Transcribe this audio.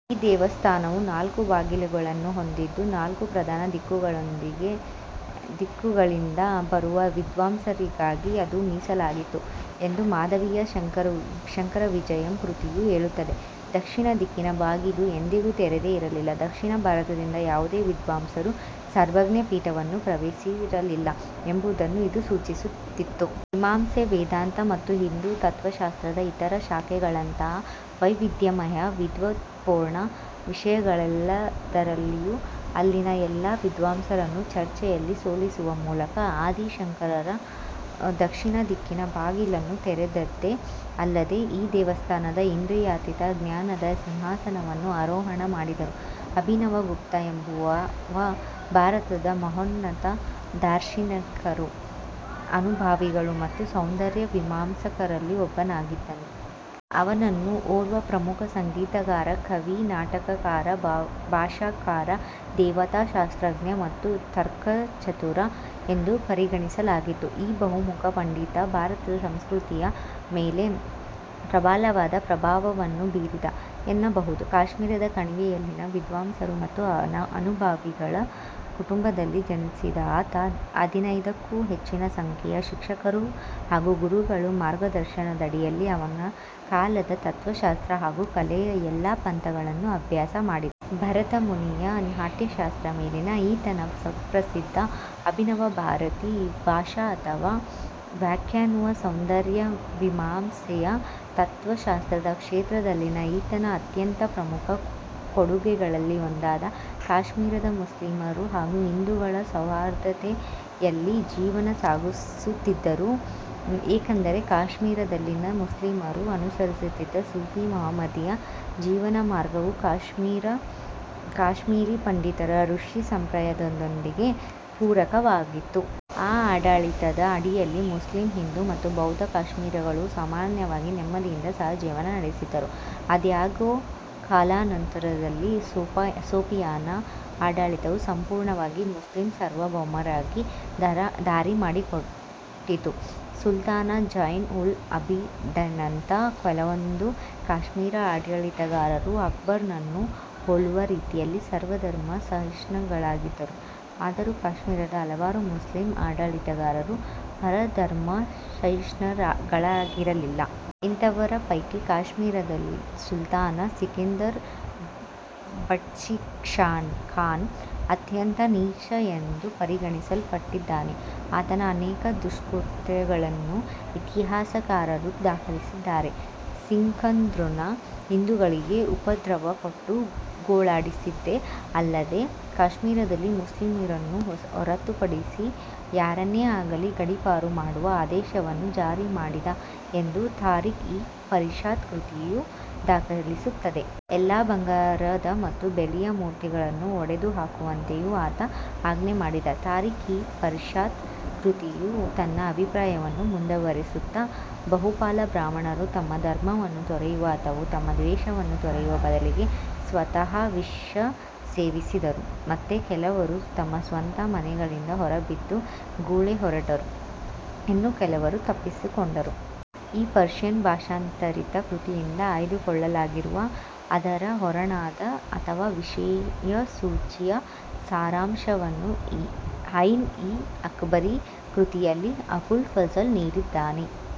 ಈ ದೇವಸ್ಥಾನವು ನಾಲ್ಕು ಬಾಗಿಲುಗಳನ್ನು ಹೊಂದಿದ್ದು, ನಾಲ್ಕು ಪ್ರಧಾನ ದಿಕ್ಕುಗಳಿಂದ ಬರುವ ವಿದ್ವಾಂಸರಿಗಾಗಿ ಅದು ಮೀಸಲಾಗಿತ್ತು ಎಂದು ಮಾಧವೀಯ ಶಂಕರವಿಜಯಂ ಕೃತಿಯು ಹೇಳುತ್ತದೆ. ದಕ್ಷಿಣ ದಿಕ್ಕಿನ ಬಾಗಿಲು ಎಂದಿಗೂ ತೆರೆದೇ ಇರಲಿಲ್ಲ. ದಕ್ಷಿಣ ಭಾರತದಿಂದ ಯಾವುದೇ ವಿದ್ವಾಂಸರೂ ಸರ್ವಜ್ಞ ಪೀಠವನ್ನು ಪ್ರವೇಶಿಸಿರಲಿಲ್ಲ ಎಂಬುದನ್ನು ಇದು ಸೂಚಿಸುತ್ತಿತ್ತು. ಮೀಮಾಂಸೆ, ವೇದಾಂತ ಮತ್ತು ಹಿಂದೂ ತತ್ತ್ವಶಾಸ್ತ್ರದ ಇತರ ಶಾಖೆಗಳಂಥ ವೈವಿಧ್ಯಮಯ ವಿದ್ವತ್ಪೂರ್ಣ ವಿಷಯಗಳೆಲ್ಲದರಲ್ಲಿಯೂ ಅಲ್ಲಿನ ಎಲ್ಲಾ ವಿದ್ವಾಂಸರನ್ನೂ ಚರ್ಚೆಯಲ್ಲಿ ಸೋಲಿಸುವ ಮೂಲಕ, ಆದಿ ಶಂಕರರು ದಕ್ಷಿಣ ದಿಕ್ಕಿನ ಬಾಗಿಲನ್ನು ತೆರೆದದ್ದೇ ಅಲ್ಲದೇ, ಆ ದೇವಸ್ಥಾನದ ಇಂದ್ರಿಯಾತೀತ ಜ್ಞಾನದ ಸಿಂಹಾಸನವನ್ನು ಆರೋಹಣ ಮಾಡಿದರು. ಅಭಿನವಗುಪ್ತ ಎಂಬುವವ ಭಾರತದ ಮಹೋನ್ನತ ದಾರ್ಶನಿಕರು, ಅನುಭಾವಿಗಳು ಮತ್ತು ಸೌಂದರ್ಯ ಮೀಮಾಂಸಕರಲ್ಲಿ ಒಬ್ಬನಾಗಿದ್ದ. ಅವನನ್ನು ಓರ್ವ ಪ್ರಮುಖ ಸಂಗೀತಗಾರ, ಕವಿ, ನಾಟಕಕಾರ, ಭಾಷ್ಯಕಾರ, ದೇವತಾಶಾಸ್ತ್ರಜ್ಞ, ಮತ್ತು ತರ್ಕಚತುರ ಎಂದೂ ಪರಿಗಣಿಸಲಾಗಿತ್ತು. ಈ ಬಹುಮುಖ ಪಂಡಿತ ಭಾರತದ ಸಂಸ್ಕೃತಿಯ ಮೇಲೆ ಪ್ರಬಲವಾದ ಪ್ರಭಾವವನ್ನು ಬೀರಿದ ಎನ್ನಬಹುದು. ಕಾಶ್ಮೀರದ ಕಣಿವೆ ಯಲ್ಲಿನ ವಿದ್ವಾಂಸರು ಮತ್ತು ಅನುಭಾವಿಗಳ ಕುಟುಂಬದಲ್ಲಿ ಜನಿಸಿದ ಆತ, ಹದಿನೈದಕ್ಕೂ ಹೆಚ್ಚಿನ ಸಂಖ್ಯೆಯ ಶಿಕ್ಷಕರು ಹಾಗೂ ಗುರುಗಳ ಮಾರ್ಗದರ್ಶನದಡಿಯಲ್ಲಿ, ಅವನ ಕಾಲದ ತತ್ತ್ವಶಾಸ್ತ್ರ ಹಾಗೂ ಕಲೆಯ ಎಲ್ಲಾ ಪಂಥಗಳನ್ನೂ ಅಭ್ಯಾಸ ಮಾಡಿದ. ಭರತ ಮುನಿಯ ನಾಟ್ಯಶಾಸ್ತ್ರ ಮೇಲಿನ ಈತನ ಸುಪ್ರಸಿದ್ಧ ಅಭಿನವಭಾರತಿ ಭಾಷ್ಯ ಅಥವಾ ವ್ಯಾಖ್ಯಾನವು ಸೌಂದರ್ಯಮೀಮಾಂಸೆಯ ತತ್ತ್ವಶಾಸ್ತ್ರದ ಕ್ಷೇತ್ರದಲ್ಲಿನ ಈತನ ಅತ್ಯಂತ ಪ್ರಮುಖ ಕೊಡುಗೆಗಳಲ್ಲಿ ಒಂದಾಗಿದೆ. ಕಾಶ್ಮೀರದ ಮುಸ್ಲಿಮರು ಹಾಗೂ ಹಿಂದೂಗಳು ಸೌಹಾರ್ದತೆಯಲ್ಲಿ ಜೀವನ ಸಾಗಿಸುತ್ತಿದ್ದರು. ಏಕೆಂದರೆ, ಕಾಶ್ಮೀರದಲ್ಲಿನ ಮುಸ್ಲಿಮರು ಅನುಸರಿಸುತ್ತಿದ್ದ ಸೂಫಿ -ಮಹಮ್ಮದೀಯ ಜೀವನಮಾರ್ಗವು ಕಾಶ್ಮೀರಿ ಪಂಡಿತರ ಋಷಿ ಸಂಪ್ರದಾಯದೊಂದಿಗೆ ಪೂರಕವಾಗಿತ್ತು. ಈ ಆಡಳಿತದ ಅಡಿಯಲ್ಲಿ, ಮುಸ್ಲಿಂ, ಹಿಂದೂ ಮತ್ತು ಬೌದ್ಧ ಕಾಶ್ಮೀರಿಗಳು ಸಾಮಾನ್ಯವಾಗಿ ನೆಮ್ಮದಿಯಿಂದ ಸಹಜೀವನ ನಡೆಸಿದ್ದರು. ಆದಾಗ್ಯೂ, ಕಾಲಾನಂತರದಲ್ಲಿ ಸೂಫಿಯಾನಾ ಆಡಳಿತವು ಸಂಪೂರ್ಣವಾಗಿ ಮುಸ್ಲಿಂ ಸಾರ್ವಭೌಮರಿಗೆ ದಾರಿಮಾಡಿಕೊಟ್ಟಿತು. ಸುಲ್ತಾನ್ ಝೈನ್-ಉಲ್-ಅಬಿದಿನ್ನಂತಹ ಕೆಲವೊಂದು ಕಾಶ್ಮೀರಿ ಆಡಳಿತಗಾರರು ಅಕ್ಬರ್ನನ್ನು ಹೋಲುವ ರೀತಿಯಲ್ಲಿ ಸರ್ವಧರ್ಮ ಸಹಿಷ್ಣುಗಳಾಗಿದ್ದರು. ಆದರೂ, ಕಾಶ್ಮೀರದ ಹಲವಾರು ಮುಸ್ಲಿಂ ಆಡಳಿತಗಾರರು ಪರಧರ್ಮಸಹಿಷ್ಣುಗಳಾಗಿರಲಿಲ್ಲ. ಇಂಥವರ ಪೈಕಿ ಕಾಶ್ಮೀರದ ಸುಲ್ತಾನ್ ಸಿಕಂದರ್ ಬಟ್ಷಿಕಾನ್ ಅತ್ಯಂತ ನೀಚ ಎಂದು ಪರಿಗಣಿಸಲ್ಪಟ್ಟಿದ್ದಾನೆ. ಆತನ ಅನೇಕ ದುಷ್ಕೃತ್ಯಗಳನ್ನು ಇತಿಹಾಸಕಾರರು ದಾಖಲಿಸಿದ್ದಾರೆ. ಸಿಕಂದರ್ನು ಹಿಂದೂಗಳಿಗೆ ಉಪದ್ರವ ಕೊಟ್ಟು ಗೋಳಾಡಿಸಿದ್ದೇ ಅಲ್ಲದೇ, ಕಾಶ್ಮೀರದಲ್ಲಿ ಮುಸ್ಲಿಮರನ್ನು ಹೊರತುಪಡಿಸಿದ ಯಾರನ್ನೇ ಆಗಲಿ ಗಡೀಪಾರು ಮಾಡುವ ಆದೇಶವನ್ನು ಜಾರಿಮಾಡಿದ ಎಂದು ತಾರೀಖ್-ಇ-ಫರಿಶ್ತಾ ಕೃತಿಯು ದಾಖಲಿಸುತ್ತದೆ. ಎಲ್ಲಾ "ಬಂಗಾರದ ಮತ್ತು ಬೆಳ್ಳಿಯ ಮೂರ್ತಿಗಳನ್ನು" ಒಡೆದುಹಾಕುವಂತೆಯೂ ಆತ ಆಜ್ಞೆಮಾಡಿದ. ತಾರೀಖ್-ಇ-ಫರಿಶ್ತಾ ಕೃತಿಯು ತನ್ನ ಅಭಿಪ್ರಾಯವನ್ನು ಮುಂದುವರೆಸುತ್ತಾ, "ಬಹುಪಾಲು ಬ್ರಾಹ್ಮಣರು ತಮ್ಮ ಧರ್ಮವನ್ನು ತೊರೆಯುವ ಅಥವಾ ತಮ್ಮ ದೇಶವನ್ನು ತೊರೆಯುವ ಬದಲಿಗೆ ಸ್ವತಃ ವಿಷ ಸೇವಿಸಿದರೆ, ಮತ್ತೆ ಕೆಲವರು ತಮ್ಮ ಸ್ವಂತ ಮನೆಗಳಿಂದ ಹೊರಬಿದ್ದು ಗುಳೆಹೊರಟರು, ಇನ್ನು ಕೆಲವರು ತಪ್ಪಿಸಿಕೊಂಡರು. ಈ ಪರ್ಷಿಯನ್ ಭಾಷಾಂತರಿತ ಕೃತಿಯಿಂದ ಆಯ್ದುಕೊಳ್ಳಲಾಗಿರುವ ಅದರ ಹೂರಣದ ಅಥವಾ ವಿಷಯಸೂಚಿಯ ಸಾರಾಂಶವನ್ನು ಐನ್-ಇ-ಅಕ್ಬರಿ ಕೃತಿಯಲ್ಲಿ ಅಬುಲ್ ಫಜಲ್ ನೀಡಿದ್ದಾನೆ.